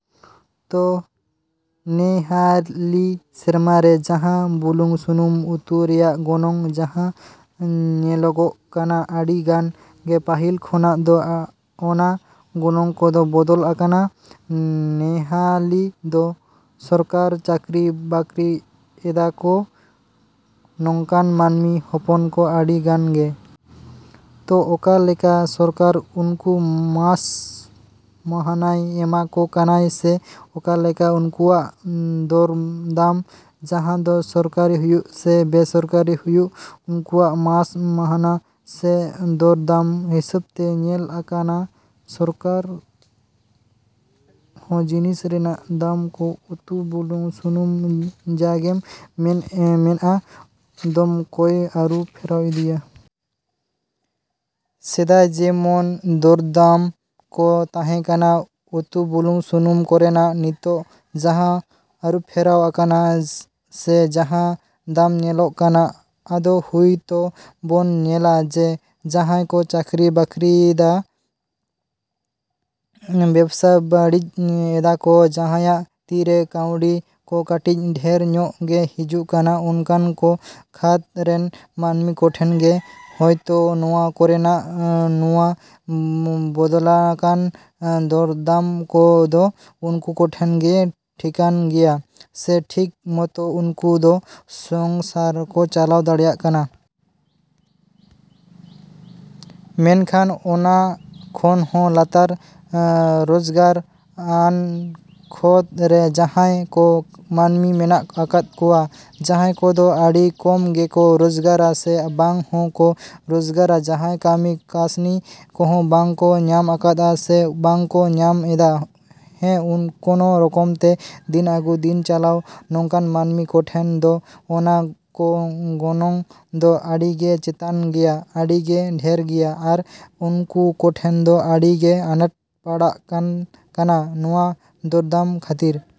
ᱛᱚ ᱱᱮᱦᱟᱹᱞᱤ ᱥᱮᱨᱢᱟ ᱨᱮ ᱡᱟᱦᱟᱸ ᱵᱩᱞᱩᱝ ᱥᱩᱱᱩᱢ ᱩᱛᱩ ᱨᱮᱭᱟᱜ ᱜᱚᱱᱚᱝ ᱡᱟᱦᱟᱸ ᱧᱮᱞᱚᱜᱚᱜ ᱠᱟᱱᱟ ᱟᱹᱰᱤ ᱜᱟᱱ ᱜᱮ ᱯᱟᱹᱦᱤᱞ ᱠᱷᱚᱱᱟᱜ ᱫᱚ ᱚᱱᱟ ᱜᱚᱱᱚᱝ ᱠᱚᱫᱚ ᱵᱚᱫᱚᱞ ᱟᱠᱟᱱᱟ᱾ ᱱᱮᱦᱟᱹᱞᱤ ᱫᱚ ᱥᱚᱨᱠᱟᱨ ᱪᱟᱠᱨᱤ ᱵᱟᱠᱨᱤ ᱮᱫᱟᱠᱚ ᱱᱚᱝᱠᱟᱱ ᱢᱟᱹᱱᱢᱤ ᱦᱚᱯᱚᱱ ᱠᱚ ᱟᱹᱰᱤ ᱜᱟᱱ ᱜᱮ᱾ ᱛᱚ ᱚᱠᱟ ᱞᱮᱠᱟ ᱥᱚᱨᱠᱟᱨ ᱩᱱᱠᱩ ᱢᱟᱥ ᱢᱟᱹᱦᱱᱟᱹᱭ ᱮᱢᱟ ᱠᱚ ᱠᱟᱱᱟᱭ ᱥᱮ ᱚᱠᱟ ᱞᱮᱠᱟ ᱩᱱᱠᱩᱣᱟᱜ ᱫᱚᱨ ᱫᱟᱢ ᱡᱟᱦᱟᱸ ᱫᱚ ᱥᱚᱨᱠᱟᱨᱤ ᱦᱩᱭᱩᱜ ᱥᱮ ᱵᱮᱼᱥᱚᱨᱠᱟᱨᱤ ᱦᱩᱭᱩᱜ ᱩᱱᱠᱩᱣᱟᱜ ᱢᱟᱹᱥ ᱢᱟᱹᱦᱱᱟᱹ ᱥᱮ ᱫᱚᱨ ᱫᱟᱢ ᱦᱤᱸᱥᱟᱹᱵ ᱛᱮ ᱧᱮᱞ ᱟᱠᱟᱱᱟ ᱥᱚᱨᱠᱟᱨ ᱦᱚᱸ ᱡᱤᱱᱤᱥ ᱨᱮᱱᱟᱜ ᱫᱟᱢ ᱠᱚ ᱩᱛᱩ ᱵᱩᱞᱩᱝ ᱥᱩᱱᱩᱢ ᱡᱟ ᱜᱮᱢ ᱢᱮᱱ ᱚᱱᱟ ᱫᱟᱢ ᱠᱚᱭ ᱟᱹᱨᱩ ᱯᱷᱮᱨᱟᱣ ᱤᱫᱤᱭᱟ᱾ ᱥᱮᱫᱟᱭ ᱡᱮᱢᱚᱱ ᱫᱚᱨᱫᱟᱢ ᱠᱚ ᱛᱟᱦᱮᱸ ᱠᱟᱱᱟ ᱩᱛᱩ ᱵᱩᱞᱩᱝ ᱥᱩᱱᱩᱢ ᱠᱚᱨᱮᱱᱟᱜ ᱱᱤᱛᱳᱜ ᱡᱟᱦᱟᱸ ᱟᱹᱨᱩᱯᱷᱮᱨᱟᱣ ᱟᱠᱟᱱᱟ ᱥᱮ ᱡᱟᱦᱟᱸ ᱫᱟᱢ ᱧᱮᱞᱚᱜ ᱠᱟᱱᱟ ᱟᱫᱚ ᱦᱳᱭ ᱛᱚ ᱵᱚᱱ ᱧᱮᱞᱟ ᱡᱮ ᱡᱟᱦᱟᱸᱭ ᱠᱚ ᱪᱟᱠᱨᱤ ᱵᱟᱠᱨᱤᱭ ᱫᱟ ᱵᱮᱵᱥᱟ ᱵᱟᱱᱤᱡᱽ ᱮᱫᱟᱠᱚ ᱡᱟᱦᱟᱸᱭᱟᱜ ᱛᱤᱨᱮ ᱠᱟᱹᱣᱰᱤ ᱠᱚ ᱠᱟᱹᱴᱤᱡ ᱰᱷᱮᱨ ᱧᱚᱜ ᱜᱮ ᱦᱤᱡᱩᱜ ᱠᱟᱱᱟ ᱚᱱᱠᱟᱱ ᱠᱚ ᱠᱷᱟᱹᱫᱽ ᱨᱮᱱ ᱢᱟᱹᱱᱢᱤ ᱠᱚᱴᱷᱮᱱ ᱜᱮ ᱦᱳᱭᱛᱚ ᱱᱚᱣᱟ ᱠᱚᱨᱮᱱᱟᱜ ᱱᱚᱣᱟ ᱵᱚᱫᱚᱞᱟᱠᱟᱱ ᱫᱚᱨᱫᱟᱢ ᱠᱚ ᱫᱚ ᱩᱱᱠᱩ ᱠᱚᱴᱷᱮᱱ ᱜᱮ ᱴᱷᱤᱠᱟᱹᱱ ᱜᱮᱭᱟ ᱥᱮ ᱴᱷᱤᱠ ᱢᱚᱛᱚ ᱩᱱᱠᱩ ᱫᱚ ᱥᱚᱝᱥᱟᱨ ᱠᱚ ᱪᱟᱞᱟᱣ ᱫᱟᱲᱮᱭᱟᱜ ᱠᱟᱱᱟ᱾ ᱢᱮᱱᱠᱷᱟᱱ ᱚᱱᱟ ᱠᱷᱚᱱ ᱦᱚᱸ ᱞᱟᱛᱟᱨ ᱨᱚᱡᱽᱜᱟᱨ ᱟᱱ ᱠᱷᱟᱹᱫᱽ ᱨᱮ ᱡᱟᱦᱟᱸᱭ ᱠᱚ ᱢᱟᱹᱱᱢᱤ ᱢᱮᱱᱟᱜ ᱟᱠᱟᱫ ᱠᱚᱣᱟ ᱡᱟᱦᱟᱸᱭ ᱠᱚᱫᱚ ᱟᱹᱰᱤ ᱠᱚᱢ ᱜᱮᱠᱚ ᱨᱚᱡᱽᱜᱟᱨᱟ ᱥᱮ ᱵᱟᱝ ᱦᱚᱸ ᱠᱚ ᱨᱚᱡᱽᱜᱟᱨᱟ ᱡᱟᱦᱟᱸᱭ ᱠᱟᱹᱢᱤ ᱠᱟᱥᱱᱤ ᱠᱚᱦᱚᱸ ᱵᱟᱝ ᱠᱚ ᱧᱟᱢ ᱟᱠᱟᱫᱟ ᱥᱮ ᱵᱟᱝ ᱠᱚ ᱧᱟᱢ ᱮᱫᱟ ᱦᱮᱸ ᱠᱳᱱᱳ ᱨᱚᱠᱚᱢ ᱛᱮ ᱫᱤᱱ ᱟᱜᱩ ᱫᱤᱱ ᱪᱟᱞᱟᱣ ᱱᱚᱝᱠᱟᱱ ᱢᱟᱹᱱᱢᱤ ᱠᱚᱴᱷᱮᱱ ᱫᱚ ᱚᱱᱟ ᱠᱚ ᱜᱚᱱᱚᱝ ᱫᱚ ᱟᱹᱰᱤᱜᱮ ᱪᱮᱛᱟᱱ ᱜᱮᱭᱟ ᱟᱹᱰᱤᱜᱮ ᱰᱷᱮᱨ ᱜᱮᱭᱟ ᱟᱨ ᱩᱝᱠᱩ ᱠᱚᱴᱷᱮᱱ ᱫᱚ ᱟᱹᱰᱤ ᱜᱮ ᱟᱱᱟᱴ ᱯᱟᱲᱟᱜ ᱠᱟᱱᱟ ᱱᱚᱣᱟ ᱫᱚᱨᱫᱟᱢ ᱠᱷᱟᱹᱛᱤᱨ᱾